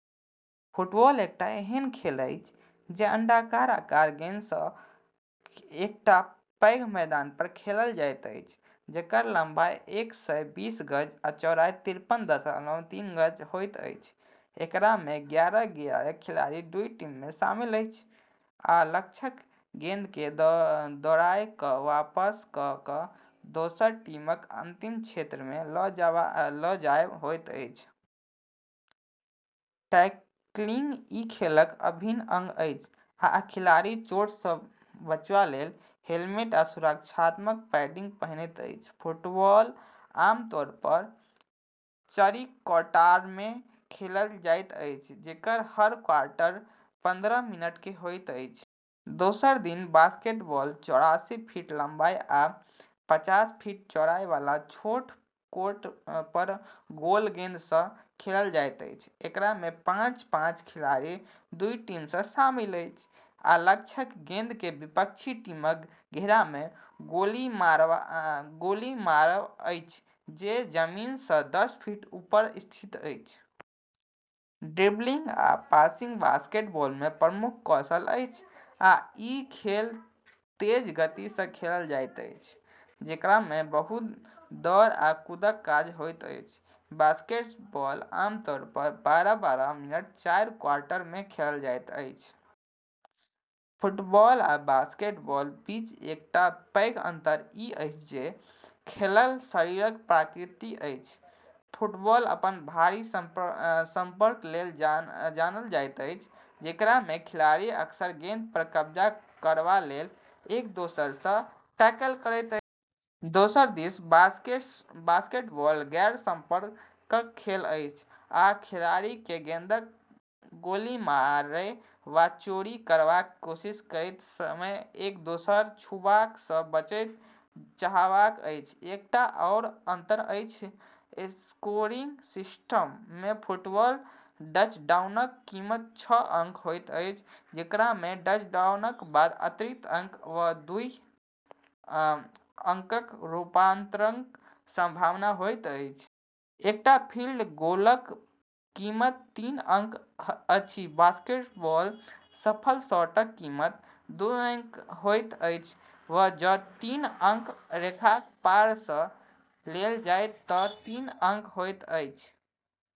Football एकटा एहन खेल अछि जे अंडाकार आकारक गेंदक संग एकटा पैघ मैदान पर खेलल जाइत अछि जकर लंबाई एक सय बीस गज आ चौड़ाई तिरपन दशमलव तीन गज होइत अछि। एकरामे एगारह-एगारह खिलाड़ीक दुइ टीम शामिल अछि, आ लक्ष्य गेंदकेँ दौड़ाय क’ वा पास क’ क’ दोसर टीमक अंतिम क्षेत्रमे ल’ जायब होइत अछि। टैकलिंग ई खेलक अभिन्न अंग अछि, आ खिलाड़ी चोट सँ बचबा लेल हेलमेट आ सुरक्षात्मक पैडिंग पहनैत अछि। फुटबॉल आमतौर पर चारि क्वार्टरमे खेलल जाइत अछि, जेकर हर क्वार्टर पन्द्रह मिनटक होइत अछि। दोसर दिस बास्केटबॉल चौरासी फीट लम्बाई आ पचास फीट चौड़ाई वाला छोट कोर्ट पर गोल गेंद सँ खेलल जाइत अछि। एकरामे पाँच-पाँच खिलाड़ीक दुइ टीम शामिल अछि, आ लक्ष्य गेंदकेँ विपक्षी टीमक घेरामे गोली मारब अछि, जे जमीन सँ दस फीट ऊपर स्थित अछि। ड्रिबलिंग आ पासिंग बास्केटबॉलमे प्रमुख कौशल अछि, आ ई खेल तेज गति सँ खेलल जाइत अछि जेकरामे बहुत दौड़ आ कूदक काज होइत अछि। बास्केटबॉल आमतौर पर बारह-बारह मिनटक चारि क्वार्टरमे खेलल जाइत अछि। फुटबॉल आ बास्केटबॉलक बीच एकटा पैघ अंतर ई अछि जे ई खेलक शारीरिक प्रकृति अछि। फुटबॉल अपन भारी संपर्क लेल जानल जाइत अछि, जेकरामे खिलाड़ी अक्सर गेंद पर कब्जा करबा लेल एक-दोसरा सँ टैकल करैत अछि। दोसर दिस बास्केटबॉल गैर-संपर्क खेल अछि, आ खिलाड़ीकेँ गेंदकेँ गोली मारै वा चोरी करबाक कोशिश करैत समय एक-दोसराकेँ छूबा सँ बचनाइ चाहबाक अछि। एकटा आओर अंतर अछि स्कोरिंग सिस्टममे। फुटबॉलमे टचडाउनक कीमत छह अंक होइत अछि, जेकरामे टचडाउनक बाद अतिरिक्त अंक वा दुइ अंकक रूपांतरणक संभावना होइत अछि। एकटा फील्ड गोलक कीमत तीन अंक अछि। बास्केटबॉलमे सफल शॉटक कीमत दुइ अंक होइत अछि, वा जँ तीन अंकक रेखाक पार सँ लेल जाय तँ तीन अंक होइत अछि।